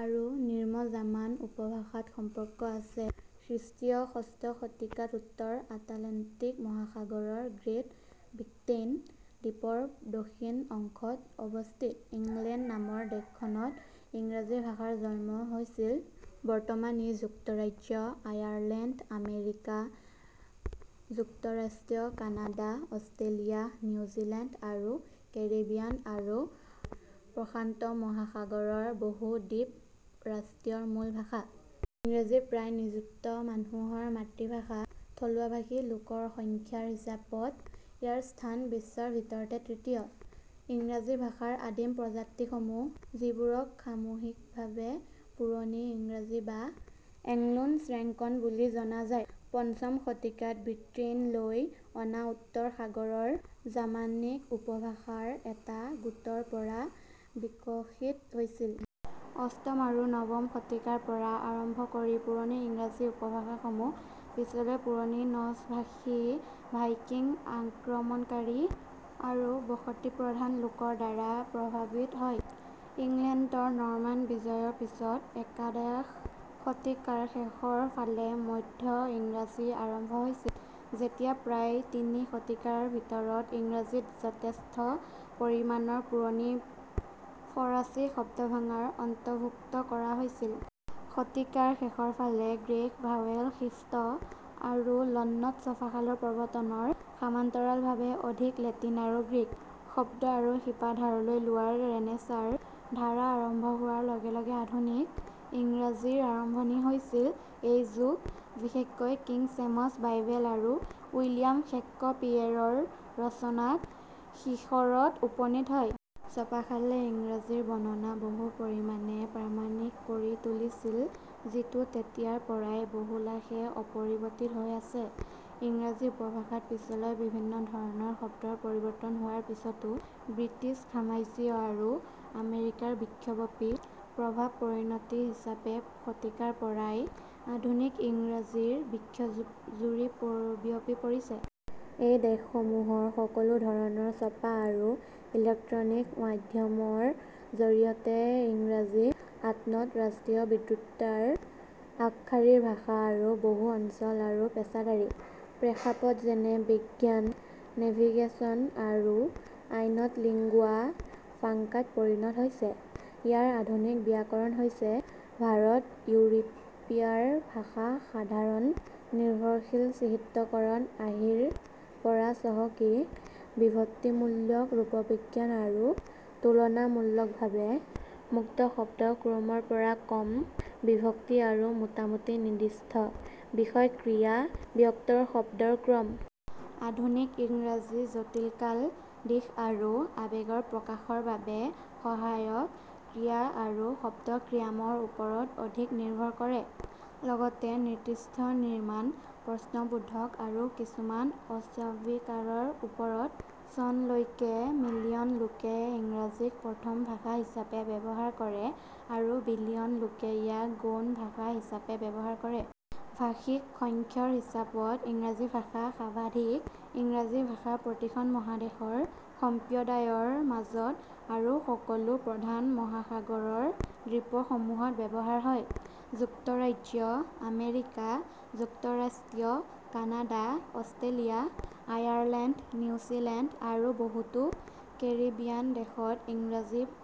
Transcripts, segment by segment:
আৰু নিম্ন জাৰ্মান উপভাষাৰ সম্পৰ্ক আছে। খ্ৰীষ্টীয় ষষ্ঠ শতিকাত উত্তৰ আটলাণ্টিক মহাসাগৰৰ গ্ৰেট ব্ৰিটেইন দ্বীপৰ দক্ষিণ অংশত অৱস্থিত ইংলেণ্ড নামৰ দেশখনত ইংৰাজী ভাষাৰ জন্ম হৈছিল। বৰ্তমান ই যুক্তৰাজ্য, আয়াৰলেণ্ড, আমেৰিকা যুক্তৰাষ্ট্ৰ, কানাডা, অষ্ট্ৰেলিয়া, নিউজিলেণ্ড আৰু কেৰিবিয়ান আৰু প্ৰশান্ত মহাসাগৰ ৰ বহু দ্বীপ ৰাষ্ট্ৰৰ মূল ভাষা। ইংৰাজী প্ৰায় নিযুত মানুহৰ মাতৃভাষা। থলুৱা ভাষী লোকৰ সংখ্যাৰ হিচাপত ইয়াৰ স্থান বিশ্বৰ ভিতৰতে তৃতীয়। ইংৰাজী ভাষাৰ আদিম প্ৰজাতিসমূহ, যিবোৰক সামূহিকভাৱে পুৰণি ইংৰাজী বা "এংলো-চেক্সন" বুলি জনা যায়, পঞ্চম শতিকাত ব্ৰিটেইনলৈ অনা উত্তৰ সাগৰৰ জাৰ্মানিক উপভাষাৰ এটা গোটৰ পৰা বিকশিত হৈছিল। অষ্টম আৰু নৱম শতিকাৰ পৰা আৰম্ভ কৰি পুৰণি ইংৰাজী উপভাষাসমূহ পিছলৈ পুৰণি নৰ্ছ ভাষী ভাইকিং আক্ৰমণকাৰী আৰু বসতিপ্ৰধান লোকৰ দ্বাৰা প্ৰভাৱিত হয়। ইংলেণ্ডৰ নৰ্মান বিজয়ৰ পিছত একাদশ শতিকাৰ শেষৰ ফালে মধ্য ইংৰাজী আৰম্ভ হৈছিল, যেতিয়া প্ৰায় তিনি শতিকাৰ ভিতৰত ইংৰাজীত যথেষ্ট পৰিমাণৰ পুৰণি ফৰাচী শব্দভাণ্ডাৰ অন্তৰ্ভুক্ত কৰা হৈছিল। শতিকাৰ শেষৰ ফালে গ্ৰেট ভৱেল শ্বিফ্ট আৰু লণ্ডনত ছপাশালৰ প্ৰৱৰ্তনৰ সমান্তৰালভাৱে অধিক লেটিন আৰু গ্ৰীক শব্দ আৰু শিপা ধাৰলৈ লোৱাৰ ৰেনেছাঁৰ ধাৰা আৰম্ভ হোৱাৰ লগে লগে আধুনিক ইংৰাজীৰ আৰম্ভণি হৈছিল। এই যুগ বিশেষকৈ কিং জেমছ বাইবেল আৰু উইলিয়াম শ্বেক্সপীয়েৰৰ ৰচনাত শিখৰত উপনীত হয়। ছপাশালে ইংৰাজী বানানক বহু পৰিমাণে প্ৰামাণিক কৰি তুলিছিল, যিটো তেতিয়াৰ পৰাই বহুলাংশে অপৰিৱৰ্তিত হৈ আছে, ইংৰাজী উপভাষাত পিছলৈ বিভিন্ন ধৰণৰ শব্দৰ পৰিৱৰ্তন হোৱাৰ পিছতো। ব্ৰিটিছ সাম্ৰাজ্য আৰু আমেৰিকাৰ বিশ্বব্যাপী প্ৰভাৱৰ পৰিণতি হিচাপে শতিকাৰ পৰাই আধুনিক ইংৰাজী বিশ্বজুৰি বিয়পি পৰিছে। এই দেশসমূহৰ সকলো ধৰণৰ ছপা আৰু ইলেক্ট্ৰনিক মাধ্যমৰ জৰিয়তে ইংৰাজী আন্তঃৰাষ্ট্ৰীয় বক্তৃতাৰ আগশাৰীৰ ভাষা আৰু বহু অঞ্চল আৰু পেছাদাৰী প্ৰেক্ষাপট যেনে বিজ্ঞান, নেভিগেচন, আৰু আইনত লিংগুয়া ফ্ৰাংকাত পৰিণত হৈছে। ইয়াৰ আধুনিক ব্যাকৰণ হৈছে ভাৰত-ইউৰোপীয় ভাষাৰ সাধাৰণ নিৰ্ভৰশীল চিহ্নিতকৰণ আৰ্হিৰ পৰা চহকী বিভক্তিমূলক ৰূপবিজ্ঞান আৰু তুলনামূলকভাৱে মুক্ত শব্দ ক্ৰমৰ পৰা কম বিভক্তি আৰু মোটামুটি নিৰ্দিষ্ট বিষয়–ক্ৰিয়া– বস্তুৰ শব্দৰ ক্ৰম। আধুনিক ইংৰাজী জটিল কাল, দিশ আৰু আৱেগৰ প্ৰকাশৰ বাবে সহায়ক ক্ৰিয়া আৰু শব্দ ক্ৰমৰ ওপৰত অধিক নিৰ্ভৰ কৰে, লগতে নিষ্ক্ৰিয় নিৰ্মাণ, প্ৰশ্নবোধক আৰু কিছুমান অস্বীকাৰৰ ওপৰত। চনলৈকে মিলিয়ন লোকে ইংৰাজীক প্ৰথম ভাষা হিচাপে ব্যৱহাৰ কৰে আৰু বিলিয়ন লোকে ইয়াক গৌণ ভাষা হিচাপে ব্যৱহাৰ কৰে। ভাষীক সংখ্যাৰ হিচাপত ইংৰাজী ভাষা সৰ্বাধিক। ইংৰাজী ভাষা প্ৰতিখন মহাদেশৰ সম্প্ৰদায়ৰ মাজত আৰু সকলো প্ৰধান মহাসাগৰৰ দ্বীপসমূহত ব্যৱহাৰ হয়। যুক্তৰাজ্য, আমেৰিকা যুক্তৰাষ্ট্ৰ, কানাডা, অষ্ট্ৰেলিয়া, আয়াৰলেণ্ড, নিউজিলেণ্ড আৰু বহুতো কেৰিবিয়ান দেশত ইংৰাজীক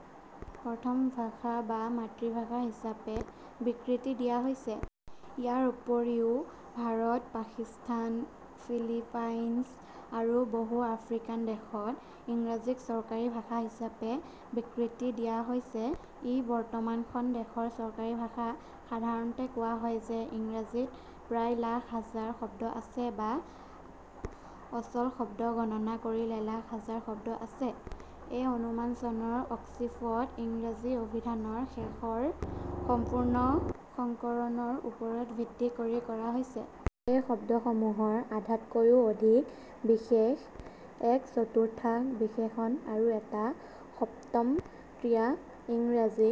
প্ৰথম ভাষা বা মাতৃভাষা হিচাপে স্বীকৃতি দিয়া হৈছে। ইয়াৰ উপৰিও ভাৰত, পাকিস্তান, ফিলিপাইনছ আৰু বহু আফ্ৰিকান দেশত ইংৰাজীক চৰকাৰী ভাষা হিচাপে স্বীকৃতি দিয়া হৈছে। ই বৰ্তমান খন দেশৰ চৰকাৰী ভাষা। সাধাৰণতে কোৱা হয় যে ইংৰাজীত প্ৰায় লাখ হাজাৰ শব্দ আছে, বা অচল শব্দ গণনা কৰিলে লাখ হাজাৰ শব্দ আছে; এই অনুমান চনৰ অক্সফৰ্ড ইংৰাজী অভিধানৰ শেষৰ সম্পূৰ্ণ সংস্কৰণৰ ওপৰত ভিত্তি কৰি কৰা হৈছে। এই শব্দসমূহৰ আধাতকৈও অধিক বিশেষ্য, এক চতুৰ্থাংশ বিশেষণ আৰু এটা সপ্তম ক্ৰিয়া। ইংৰাজী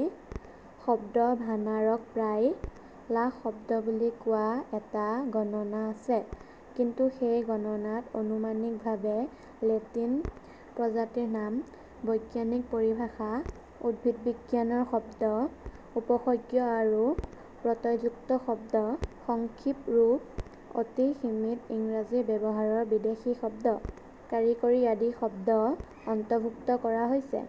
শব্দভাণ্ডাৰক প্ৰায় লাখ শব্দ বুলি কোৱা এটা গণনা আছে — কিন্তু সেই গণনাত অনুমানিকভাৱে লেটিন প্ৰজাতিৰ নাম, বৈজ্ঞানিক পৰিভাষা, উদ্ভিদবিজ্ঞানৰ শব্দ, উপসৰ্গ আৰু প্ৰত্যয়যুক্ত শব্দ, সংক্ষিপ্ত ৰূপ, অতি সীমিত ইংৰাজী ব্যৱহাৰৰ বিদেশী শব্দ, কাৰিকৰী আদি শব্দ অন্তৰ্ভুক্ত কৰা হৈছে।।